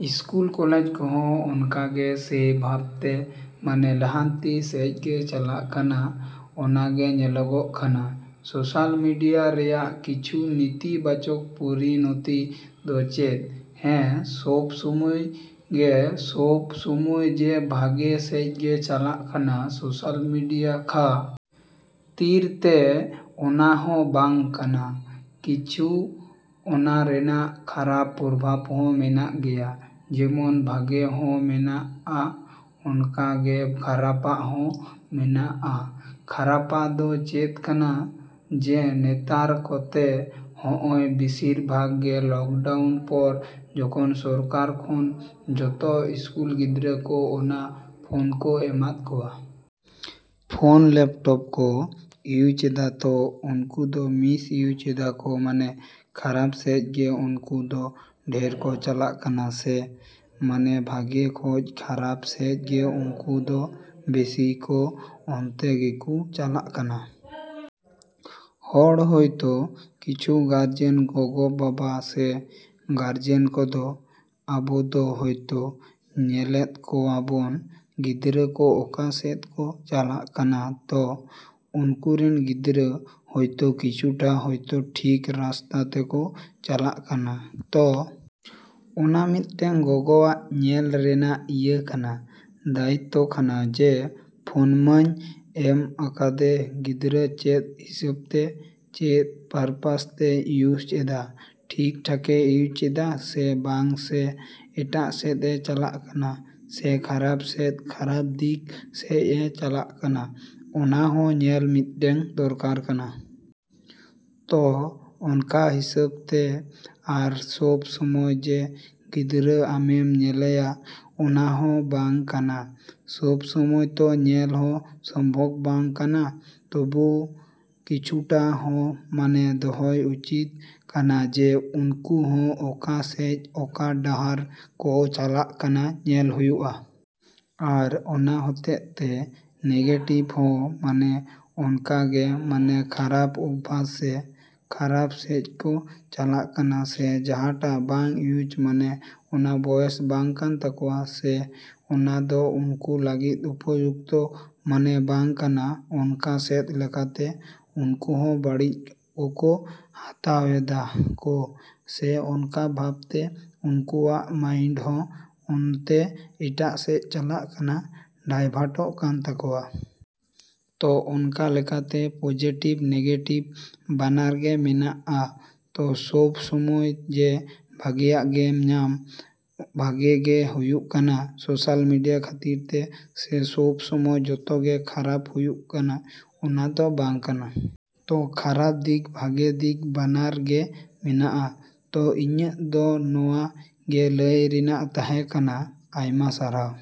School college ᱠᱚᱦᱚᱸ ᱚᱱᱠᱟᱜᱮ ᱥᱮᱭ ᱵᱷᱟᱵᱽ ᱛᱮ ᱢᱟᱱᱮ ᱞᱟᱦᱟᱱᱛᱤ ᱥᱮᱡ ᱜᱮ ᱪᱟᱞᱟᱜ ᱠᱟᱱᱟ ᱚᱱᱟ ᱜᱮ ᱧᱮᱞᱚᱜᱚᱜ ᱠᱟᱱᱟ᱾ ᱥᱳᱥᱟᱞ ᱢᱤᱰᱤᱭᱟ ᱨᱮᱭᱟᱜ ᱠᱤᱪᱷᱩ ᱱᱤᱛᱤ ᱵᱟᱪᱚᱠ ᱯᱚᱨᱤᱱᱚᱛᱤ ᱫᱚ ᱪᱮᱫ? ᱦᱮᱸ ᱥᱚᱵᱽ ᱥᱚᱢᱚᱭᱜᱮ ᱥᱚᱵᱽ ᱥᱚᱢᱚᱭ ᱡᱮ ᱵᱷᱟᱜᱮ ᱥᱮᱡ ᱜᱮ ᱪᱟᱞᱟᱜ ᱠᱟᱱᱟ ᱥᱳᱥᱟᱞ ᱢᱮᱰᱤᱭᱟ ᱠᱷᱟ. ᱛᱤᱨ ᱛᱮ ᱚᱱᱟ ᱦᱚᱸ ᱵᱟᱝ ᱠᱟᱱᱟ᱾ ᱠᱤᱪᱷᱩ ᱚᱱᱟ ᱨᱮᱱᱟᱜ ᱠᱷᱟᱨᱟᱯ ᱯᱚᱨᱵᱷᱟᱵᱽ ᱦᱚᱸ ᱢᱮᱱᱟᱜ ᱜᱮᱭᱟ ᱡᱮᱢᱚᱱ ᱵᱷᱟᱜᱮ ᱦᱚᱸ ᱢᱮᱱᱟᱜᱼᱟ ᱚᱱᱠᱟ ᱜᱮ ᱠᱷᱟᱨᱟᱯᱟᱜ ᱦᱚᱸ ᱢᱮᱱᱟᱜᱼᱟ᱾ ᱠᱷᱟᱨᱟᱯᱟᱜ ᱫᱚ ᱪᱮᱫ ᱠᱟᱱᱟ ᱡᱮ ᱱᱮᱛᱟᱨ ᱠᱚᱛᱮ ᱦᱚᱜᱼᱚᱭ ᱵᱤᱥᱤᱨ ᱵᱷᱟᱜᱽ ᱜᱮ ᱞᱚᱠᱰᱟᱣᱩᱱ ᱯᱚᱨ ᱡᱚᱠᱷᱚᱱ ᱥᱚᱨᱠᱟᱨ ᱠᱷᱚᱱ ᱡᱚᱛᱚ ᱤᱥᱠᱩᱞ ᱜᱤᱫᱽᱨᱟᱹ ᱠᱚ ᱚᱱᱟ ᱯᱷᱳᱱ ᱠᱚ ᱮᱢᱟᱫ ᱠᱚᱣᱟ ᱾ ᱯᱷᱳᱱ ᱞᱮᱯᱴᱳᱯ ᱠᱚ ᱤᱭᱩᱡᱽ ᱮᱫᱟ ᱛᱚ ᱩᱱᱠᱩ ᱫᱚ ᱢᱤᱥ ᱤᱭᱩᱡᱽ ᱮᱫᱟ ᱠᱚ ᱢᱟᱱᱮ ᱠᱷᱟᱨᱟᱯ ᱥᱮᱡ ᱜᱮ ᱩᱱᱠᱩ ᱫᱚ ᱰᱷᱮᱨ ᱠᱚ ᱪᱟᱞᱟᱜ ᱠᱟᱱᱟ ᱥᱮ ᱢᱟᱱᱮ ᱵᱷᱟᱜᱮ ᱠᱷᱚᱡ ᱠᱷᱟᱨᱟᱯ ᱥᱮᱡ ᱜᱮ ᱩᱱᱠᱩ ᱫᱚ ᱵᱮᱥᱤ ᱠᱚ ᱚᱱᱛᱮ ᱜᱤᱠᱩ ᱪᱟᱞᱟᱜ ᱠᱟᱱᱟ᱾ ᱦᱚᱲ ᱦᱳᱭᱛᱳ ᱠᱤᱪᱷᱩ ᱜᱟᱨᱡᱮᱱ ᱜᱚᱜᱚ-ᱵᱟᱵᱟ ᱥᱮ ᱜᱟᱨᱡᱮᱱ ᱠᱚᱫᱚ ᱟᱵᱚ ᱫᱚ ᱦᱳᱭᱛᱳ ᱧᱮᱞᱮᱫ ᱠᱚᱣᱟ ᱵᱚᱱ ᱜᱤᱫᱽᱨᱟᱹ ᱠᱚ ᱚᱠᱟᱥᱮᱫ ᱠᱚ ᱪᱟᱞᱟᱜ ᱠᱟᱱᱟ ᱛᱚ ᱩᱱᱠᱩ ᱨᱮᱱ ᱜᱤᱫᱽᱨᱟᱹ ᱦᱳᱭᱛᱳ ᱠᱤᱪᱷᱩᱴᱟ ᱦᱳᱭᱛᱳ ᱴᱷᱤᱠ ᱨᱟᱥᱛᱟ ᱛᱮᱠᱚ ᱪᱟᱞᱟᱜ ᱠᱟᱱᱟ᱾ ᱛᱚ ᱚᱱᱟ ᱢᱤᱫᱴᱮᱱ ᱜᱚᱜᱚᱣᱟᱜ ᱧᱮᱞ ᱨᱮᱱᱟᱜ ᱤᱭᱟᱹ ᱠᱟᱱᱟ ᱫᱟᱭᱤᱛᱚ ᱠᱟᱱᱟ ᱡᱮ ᱯᱷᱳᱱᱢᱟᱹᱧ ᱮᱢ ᱟᱠᱟᱫᱮ ᱜᱤᱫᱽᱨᱟᱹ ᱪᱮᱫ ᱦᱤᱥᱟᱹᱵᱽᱛᱮ ᱪᱮᱫ ᱯᱟᱨᱯᱟᱥ ᱛᱮᱭ ᱤᱭᱩᱡᱽ ᱮᱫᱟ ᱴᱷᱤᱠ ᱴᱷᱟᱠᱮ ᱤᱭᱩᱡᱽ ᱮᱫᱟ ᱥᱮ ᱵᱟᱝ ᱥᱮ ᱮᱴᱟᱜ ᱥᱮᱫ ᱮ ᱪᱟᱞᱟᱜ ᱠᱟᱱᱟ ᱥᱮ ᱠᱷᱟᱨᱟᱯ ᱥᱮᱫ ᱠᱷᱟᱨᱟᱯ ᱫᱤᱠ ᱥᱮᱡ ᱮ ᱪᱟᱞᱟᱜ ᱠᱟᱱᱟ ᱚᱱᱟ ᱦᱚᱸ ᱧᱮᱞ ᱢᱤᱫᱴᱮᱱ ᱫᱚᱨᱠᱟᱨ ᱠᱟᱱᱟ᱾ ᱛᱚ ᱚᱱᱠᱟ ᱦᱤᱥᱟᱹᱵᱽ ᱛᱮ ᱟᱨ ᱥᱚᱵᱽ ᱥᱚᱢᱚᱭ ᱡᱮ ᱜᱤᱫᱽᱨᱟᱹ ᱟᱢᱮᱢ ᱧᱮᱞᱮᱭᱟ ᱚᱱᱟ ᱦᱚᱸ ᱵᱟᱝ ᱠᱟᱱᱟ ᱥᱚᱵᱽ ᱥᱚᱢᱚᱭ ᱛᱚ ᱧᱮᱞ ᱦᱚᱸ ᱥᱚᱢᱵᱷᱚᱵᱽ ᱵᱟᱝ ᱠᱟᱱᱟ ᱛᱚᱵᱩᱣᱳ ᱠᱤᱪᱷᱩᱴᱟ ᱦᱚᱸ ᱢᱟᱱᱮ ᱫᱚᱦᱚᱭ ᱩᱪᱤᱛ ᱠᱟᱱᱟ ᱡᱮ ᱩᱱᱠᱩ ᱦᱚᱸ ᱚᱠᱟ ᱥᱮᱡ ᱚᱠᱟ ᱰᱟᱦᱟᱨ ᱠᱚ ᱪᱟᱞᱟᱜ ᱠᱟᱱᱟ ᱧᱮᱞ ᱦᱩᱭᱩᱜᱼᱟ᱾ ᱟᱨ ᱚᱱᱟ ᱦᱚᱛᱮᱛᱮ ᱱᱮᱜᱮᱴᱤᱵᱽ ᱦᱚᱸ ᱢᱟᱱᱮ ᱚᱱᱠᱟ ᱜᱮ ᱢᱟᱱᱮ ᱠᱷᱟᱨᱟᱯ ᱚᱵᱵᱷᱟᱥ ᱥᱮ ᱠᱷᱟᱨᱟᱯ ᱥᱮᱡ ᱠᱚ ᱪᱟᱞᱟᱜ ᱠᱟᱱᱟ ᱥᱮ ᱡᱟᱦᱟᱸᱴᱟᱜ ᱵᱟᱝ ᱤᱭᱩᱡᱽ ᱢᱟᱱᱮ ᱚᱱᱟ ᱵᱚᱭᱮᱥ ᱵᱟᱝ ᱠᱟᱱ ᱛᱟᱠᱚᱭᱟ ᱥᱮ ᱚᱱᱟ ᱫᱚ ᱩᱱᱠᱩ ᱞᱟᱹᱜᱤᱫ ᱩᱯᱚᱡᱩᱠᱛᱚ ᱢᱟᱱᱮ ᱵᱟᱝ ᱠᱟᱱᱟ ᱚᱱᱠᱟ ᱥᱮᱫ ᱞᱮᱠᱟᱛᱮ ᱩᱱᱠᱩ ᱦᱚᱸ ᱵᱟᱲᱤᱡ ᱠᱚᱠᱚ ᱦᱟᱛᱟᱣ ᱮᱫᱟ ᱠᱚ ᱥᱮ ᱚᱱᱠᱟ ᱵᱷᱟᱵᱽ ᱛᱮ ᱩᱱᱠᱩᱣᱟᱜ ᱢᱟᱭᱤᱱᱰ ᱦᱚᱸ ᱚᱱᱛᱮ ᱮᱴᱟᱜ ᱥᱮᱡ ᱪᱟᱞᱟᱜ ᱠᱟᱱᱟ ᱰᱟᱭᱵᱷᱟᱴᱚᱜ ᱠᱟᱱ ᱛᱟᱠᱚᱣᱟ᱾ ᱛᱚ ᱚᱱᱠᱟ ᱞᱮᱠᱟᱛᱮ ᱯᱳᱡᱮᱴᱤᱵᱽ ᱱᱮᱜᱮᱴᱤᱵ ᱵᱟᱱᱟᱨ ᱜᱮ ᱢᱮᱱᱟᱜᱼᱟ᱾ ᱛᱚ ᱥᱚᱵᱽ ᱥᱚᱢᱚᱭ ᱡᱮ ᱵᱷᱟᱜᱮᱭᱟᱜ ᱜᱮᱢ ᱧᱟᱢ᱾ ᱵᱷᱟᱜᱮ ᱜᱮ ᱦᱩᱭᱩᱜ ᱠᱟᱱᱟ ᱥᱳᱥᱟᱞ ᱢᱮᱰᱤᱭᱟ ᱠᱷᱟᱹᱛᱤᱨ ᱛᱮ ᱥᱮ ᱥᱚᱵᱽ ᱥᱚᱢᱚᱭ ᱡᱚᱛᱚ ᱜᱮ ᱠᱷᱟᱨᱟᱯ ᱦᱩᱭᱩᱜ ᱠᱟᱱᱟ ᱚᱱᱟ ᱫᱚ ᱵᱟᱝ ᱠᱟᱱᱟ᱾ ᱛᱚ ᱠᱷᱟᱨᱟᱯ ᱫᱤᱠ ᱵᱷᱟᱜᱮ ᱫᱤᱠ ᱵᱟᱱᱟᱨ ᱜᱮ ᱢᱮᱱᱟᱜᱼᱟ᱾ ᱛᱚ ᱤᱧᱟ. ᱜ ᱫᱚ ᱱᱚᱣᱟ ᱜᱮ ᱞᱟᱹᱭ ᱨᱮᱱᱟᱜ ᱛᱟᱦᱮᱸ ᱠᱟᱱᱟ᱾ ᱟᱭᱢᱟ ᱥᱟᱨᱦᱟᱣ।